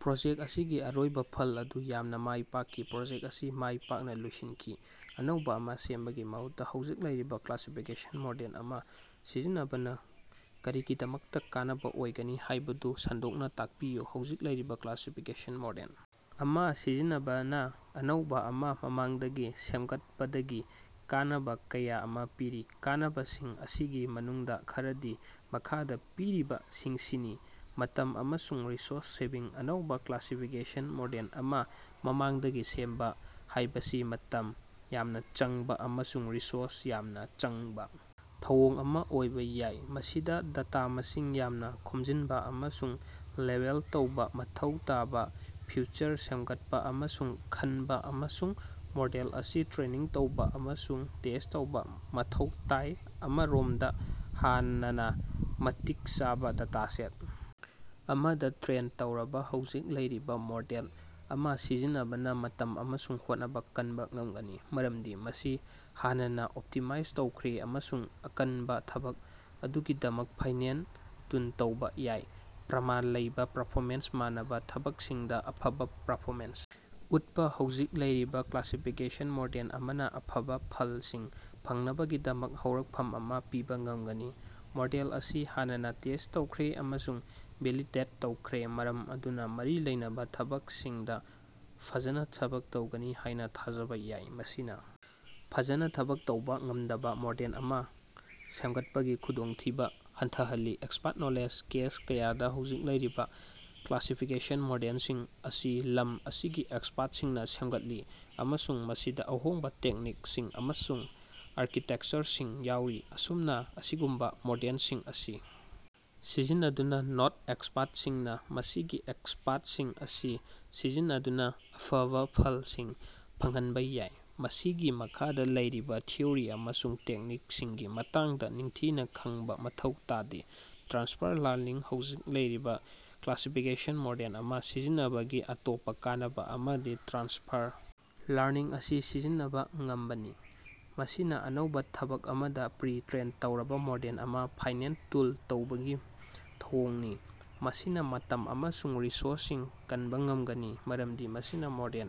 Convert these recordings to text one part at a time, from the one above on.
Project ꯑꯁꯤꯒꯤ ꯑꯔꯣꯏꯕꯥ ꯐꯜ ꯑꯗꯨ ꯌꯥꯝꯅꯥ ꯃꯥꯏ ꯄꯥꯛꯈꯤ꯫ ꯄ꯭ꯔꯣꯖꯦꯛꯇ ꯑꯁꯤ ꯃꯥꯢ ꯄꯥꯛꯅꯥ ꯂꯣꯏꯁꯤꯟꯈꯤ꯫। ꯑꯅꯧꯕꯥ ꯑꯃꯥ ꯁꯦꯝꯕꯒꯤ ꯃꯍꯨꯠꯇꯥ ꯍꯧꯖꯤꯛ ꯂꯩꯔꯤꯕꯥ ꯀ꯭ꯂꯥꯁꯤꯐꯤꯀꯦꯁꯟ ꯃꯣꯗꯦꯜ ꯑꯃꯥ ꯁꯤꯖꯤꯟꯅꯕꯅꯥ ꯀꯔꯤꯒꯤꯗꯃꯛꯇꯥ ꯀꯥꯟꯅꯕꯥ ꯑꯣꯏꯒꯅꯤ ꯍꯥꯏꯕꯗꯨ ꯁꯟꯗꯣꯛꯅꯥ ꯇꯥꯛꯄꯤꯌꯨ꯫ ꯍꯧꯖꯤꯛ ꯂꯩꯔꯤꯕꯥ ꯀ꯭ꯂꯥꯁꯤꯐꯤꯀꯦꯁꯟ ꯃꯣꯗꯦꯜ ꯑꯃꯥ ꯁꯤꯖꯤꯟꯅꯕꯅꯥ ꯑꯅꯧꯕꯥ ꯑꯃꯥ ꯃꯃꯥꯡꯗꯒꯤ ꯁꯦꯝꯒꯠꯄꯗꯒꯤ ꯀꯥꯟꯅꯕꯥ ꯀꯌꯥ ꯑꯃꯥ ꯄꯤꯔꯤ꯫ ꯀꯥꯟꯅꯕꯁꯤꯡ ꯑꯁꯤꯒꯤ ꯃꯅꯨꯡꯗꯥ ꯈꯔꯗꯤ ꯃꯈꯥꯗꯥ ꯄꯤꯔꯤꯕꯁꯤꯡꯁꯤꯅꯤ: ꯃꯇꯝ ꯑꯃꯁꯨꯡ ꯔꯤꯁꯣꯔꯁ-ꯁꯦꯚꯤꯡ: ꯑꯅꯧꯕꯥ ꯀ꯭ꯂꯥꯁꯤꯐꯤꯀꯦꯁꯟ ꯃꯣꯗꯦꯜ ꯑꯃꯥ ꯃꯃꯥꯡꯗꯒꯤ ꯁꯦꯝꯕꯥ ꯍꯥꯏꯕꯁꯤ ꯃꯇꯝ ꯌꯥꯝꯅꯥ ꯆꯪꯕꯥ ꯑꯃꯁꯨꯡ ꯔꯤꯁꯣꯔꯁ ꯌꯥꯝꯅꯥ ꯆꯪꯕꯥ ꯊꯧꯑꯣꯡ ꯑꯃꯥ ꯑꯣꯏꯕꯥ ꯌꯥꯏ꯫ ꯃꯁꯤꯗꯥ ꯗꯦꯇꯥ ꯃꯁꯤꯡ ꯌꯥꯝꯅꯥ ꯈꯣꯝꯖꯤꯟꯕꯥ ꯑꯃꯁꯨꯡ ꯂꯦꯕꯦꯜ ꯇꯧꯕꯥ, ꯃꯊꯧ ꯇꯥꯕꯥ ꯐꯤꯆꯔꯁꯤꯡ ꯁꯦꯝꯒꯠꯄꯥ ꯑꯃꯁꯨꯡ ꯈꯟꯕꯥ, ꯑꯃꯁꯨꯡ ꯃꯣꯗꯦꯜ ꯑꯁꯤ ꯇ꯭ꯔꯦꯅꯤꯡ ꯇꯧꯕꯥ ꯑꯃꯁꯨꯡ ꯇꯦꯁ꯭ꯠ ꯇꯧꯕꯥ ꯃꯊꯧ ꯇꯥꯏ꯫ ꯑꯃꯔꯣꯃꯗꯥ, ꯍꯥꯟꯅꯅꯥ ꯃꯇꯤꯛ ꯆꯥꯕꯥ ꯗꯦꯇꯥꯁꯦꯠ ꯑꯃꯗꯥ ꯇ꯭ꯔꯦꯟ ꯇꯧꯔꯕꯥ ꯍꯧꯖꯤꯛ ꯂꯩꯔꯤꯕꯥ ꯃꯣꯗꯦꯜ ꯑꯃꯥ ꯁꯤꯖꯤꯟꯅꯕꯅꯥ ꯃꯇꯝ ꯑꯃꯁꯨꯡ ꯍꯣꯠꯅꯕꯥ ꯀꯟꯕꯥ ꯉꯝꯒꯅꯤ꯫ ꯃꯔꯝꯗꯤ ꯃꯁꯤ ꯍꯥꯟꯅꯅꯥ ꯑꯣꯞꯇꯤꯃꯥꯏꯖ ꯇꯧꯈ꯭ꯔꯦ꯫ ꯑꯃꯁꯨꯡ ꯑꯀꯛꯅꯕꯥ ꯊꯕꯛ ꯑꯗꯨꯒꯤꯗꯃꯛ ꯐꯥꯏꯅꯦꯜ ꯇ꯭ꯌꯨꯟ ꯇꯧꯕꯥ ꯌꯥꯏ꯫ ꯄ꯭ꯔꯃꯥꯟ ꯂꯩꯕꯥ ꯄꯔꯐꯣꯃꯦꯟꯁ: ꯃꯥꯟꯅꯕꯥ ꯊꯕꯛꯁꯤꯡꯗꯥ ꯑꯐꯕꯥ ꯄꯔꯐꯣꯃꯦꯟꯁ ꯎꯠꯄꯥ ꯍꯧꯖꯤꯛ ꯂꯩꯔꯤꯕꯥ ꯀ꯭ꯂꯥꯁꯤꯐꯤꯀꯦꯁꯟ ꯃꯣꯗꯦꯜ ꯑꯃꯅꯥ ꯑꯐꯕꯥ ꯐꯜꯁꯤꯡ ꯐꯪꯅꯕꯒꯤꯗꯃꯛ ꯍꯧꯔꯛꯐꯝ ꯑꯃꯥ ꯄꯤꯕꯥ ꯉꯝꯒꯅꯤ꯫ ꯃꯣꯗꯦꯜ ꯑꯁꯤ ꯍꯥꯟꯅꯅꯥ ꯇꯦꯁ꯭ꯠ ꯇꯧꯈ꯭ꯔꯦ ꯑꯃꯁꯨꯡ ꯚꯦꯂꯤꯗꯦꯠ ꯇꯧꯈ꯭ꯔꯦ꯫ ꯃꯔꯝ ꯑꯗꯨꯅꯥ ꯃꯔꯤ ꯂꯩꯅꯕꯥ ꯊꯕꯛꯁꯤꯡꯗꯥ ꯐꯖꯅꯥ ꯊꯕꯛ ꯇꯧꯒꯅꯤ ꯍꯥꯏꯅꯥ ꯊꯥꯖꯕꯥ ꯌꯥꯏ꯫ ꯃꯁꯤꯅꯥ ꯐꯖꯅꯥ ꯊꯕꯛ ꯇꯧꯕꯥ ꯉꯝꯗꯕꯥ ꯃꯣꯗꯦꯜ ꯑꯃꯥ ꯁꯦꯝꯒꯠꯄꯒꯤ ꯈꯨꯗꯣꯡꯊꯤꯕꯥ ꯍꯟꯊꯍꯜꯂꯤ꯫ ꯑꯦꯛꯁꯄ꯭ꯔꯠ ꯅꯣꯂꯦꯖ: ꯀꯦꯁ ꯀꯌꯥꯗꯥ ꯍꯧꯖꯤꯛ ꯂꯩꯔꯤꯕꯥ ꯀ꯭ꯂꯥꯁꯤꯐꯤꯀꯦꯁꯟ ꯃꯣꯗꯦꯜꯁꯤꯡ ꯑꯁꯤ ꯂꯝ ꯑꯁꯤꯒꯤ ꯑꯦꯛꯁꯄꯔꯇꯁꯤꯡꯅꯥ ꯁꯦꯝꯒꯠꯂꯤ ꯑꯃꯁꯨꯡ ꯃꯁꯤꯗꯥ ꯑꯍꯣꯡꯕꯥ ꯇꯦꯛꯅꯤꯛꯁꯤꯡ ꯑꯃꯁꯨꯡ ꯑꯥꯔꯀꯤꯇꯦꯀꯆꯔꯁꯤꯡ ꯌꯥꯎꯔꯤ꯫ ꯑꯁꯨꯝꯅꯥ, ꯑꯁꯤꯒꯨꯝꯕꯥ ꯃꯣꯗꯦꯜꯁꯤꯡ ꯑꯁꯤ ꯁꯤꯖꯤꯟꯅꯗꯨꯅꯥ, ꯅꯟ-ꯑꯦꯛꯁꯄꯔꯇꯁꯤꯡꯅꯥ ꯃꯁꯤꯒꯤ ꯑꯦꯛꯁꯄꯔꯇꯁꯤꯡ ꯑꯁꯤ ꯁꯤꯖꯤꯟꯅꯗꯨꯅꯥ ꯑꯐꯕꯥ ꯐꯜꯁꯤꯡ ꯐꯪꯍꯟꯕꯥ ꯌꯥꯏ꯫ ꯃꯁꯤꯒꯤ ꯃꯈꯥꯗꯥ ꯂꯩꯔꯤꯕꯥ ꯊꯤꯑꯣꯔꯤ ꯑꯃꯁꯨꯡ ꯇꯦꯛꯅꯤꯛꯁꯤꯡꯒꯤ ꯃꯇꯥꯡꯗꯥ ꯅꯤꯡꯊꯤꯅꯥ ꯈꯪꯕꯥ ꯃꯊꯧ ꯇꯥꯗꯦ꯫ ꯇ꯭ꯔꯥꯟꯁꯐꯔ ꯂꯔꯅꯤꯡ: ꯍꯧꯖꯤꯛ ꯂꯩꯔꯤꯕꯥ ꯀ꯭ꯂꯥꯁꯤꯐꯤꯀꯦꯁꯟ ꯃꯣꯗꯦꯜ ꯑꯃꯥ ꯁꯤꯖꯤꯟꯅꯕꯒꯤ ꯑꯇꯣꯞꯄꯥ ꯀꯥꯟꯅꯕꯥ ꯑꯃꯗꯤ ꯇ꯭ꯔꯥꯟꯁꯐꯔ ꯂꯔꯅꯤꯡ ꯑꯁꯤ ꯁꯤꯖꯤꯟꯅꯕꯥ ꯉꯝꯕꯅꯤ꯫ ꯃꯁꯤꯅꯥ ꯑꯅꯧꯕꯥ ꯊꯕꯛ ꯑꯃꯗꯥ ꯄ꯭ꯔꯤ-ꯇ꯭ꯔꯦꯟ ꯇꯧꯔꯕꯥ ꯃꯣꯗꯦꯜ ꯑꯃꯥ ꯐꯥꯏꯅꯦꯜ ꯇꯤꯎꯟ ꯇꯧꯕꯒꯤ ꯊꯧꯑꯣꯡꯅꯤ꯫ ꯃꯁꯤꯅꯥ ꯃꯇꯝ ꯑꯃꯁꯨꯡ ꯔꯤꯁꯣꯔꯁꯁꯤꯡ ꯀꯟꯕꯥ ꯉꯝꯒꯅꯤ꯫ ꯃꯔꯝꯗꯤ ꯃꯁꯤꯅꯥ ꯃꯣꯗꯦꯜ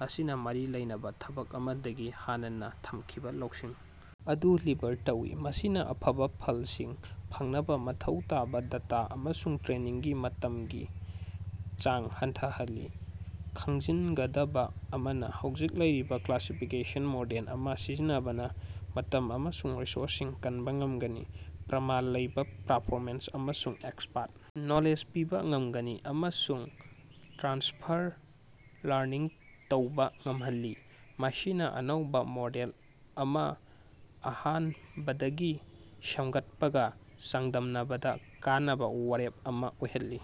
ꯑꯁꯤꯅꯥ ꯃꯔꯤ ꯂꯩꯅꯕꯥ ꯊꯕꯛ ꯑꯃꯗꯒꯤ ꯍꯥꯟꯅꯅꯥ ꯊꯝꯈꯤꯕꯥ ꯂꯧꯁꯤꯡ ꯑꯗꯨ ꯂꯤꯚꯔ ꯇꯧꯢ꯫, ꯃꯁꯤꯅꯥ ꯑꯐꯕꯥ ꯐꯜꯁꯤꯡ ꯐꯪꯅꯕꯥ ꯃꯊꯧ ꯇꯥꯕꯥ ꯗꯦꯇꯥ ꯑꯃꯁꯨꯡ ꯇ꯭ꯔꯦꯅꯤꯡꯒꯤ ꯃꯇꯝꯒꯤ ꯆꯥꯡ ꯍꯟꯊꯍꯜꯂꯤ꯫ ꯈꯪꯖꯤꯟꯒꯗꯕꯥ ꯑꯃꯅꯥ, ꯍꯧꯖꯤꯛ ꯂꯩꯔꯤꯕꯥ ꯀ꯭ꯂꯥꯁꯤꯐꯤꯀꯦꯁꯟ ꯃꯣꯗꯦꯜ ꯑꯃꯥ ꯁꯤꯖꯤꯟꯅꯕꯅꯥ ꯃꯇꯝ ꯑꯃꯁꯨꯡ ꯔꯤꯁꯣꯔꯁꯁꯤꯡ ꯀꯅꯕꯥ ꯉꯝꯒꯅꯤ꯫ ꯄ꯭ꯔꯃꯥꯟ ꯂꯩꯕꯥ ꯄꯔꯐꯣꯃꯦꯟꯁ ꯑꯃꯁꯨꯡ ꯑꯦꯛꯁꯄꯔꯠ ꯅꯣꯂꯦꯖ ꯄꯤꯕꯥ ꯉꯝꯒꯅꯤ꯫ ꯑꯃꯁꯨꯡ ꯇ꯭ꯔꯥꯟꯁꯐꯔ ꯂꯔꯅꯤꯡ ꯇꯧꯕꯥ ꯉꯝꯍꯜꯂꯤ꯫ ꯃꯁꯤꯅꯥ ꯑꯅꯧꯕꯥ ꯃꯣꯗꯦꯜ ꯑꯃꯥ ꯑꯍꯥꯅꯕꯗꯒꯤ ꯁꯦꯝꯒꯠꯄꯒꯥ ꯆꯥꯡꯗꯝꯅꯕꯗꯥ ꯀꯥꯟꯅꯕꯥ ꯋꯥꯔꯦꯞ ꯑꯃꯥ ꯑꯣꯏꯍꯜꯂꯤ꯫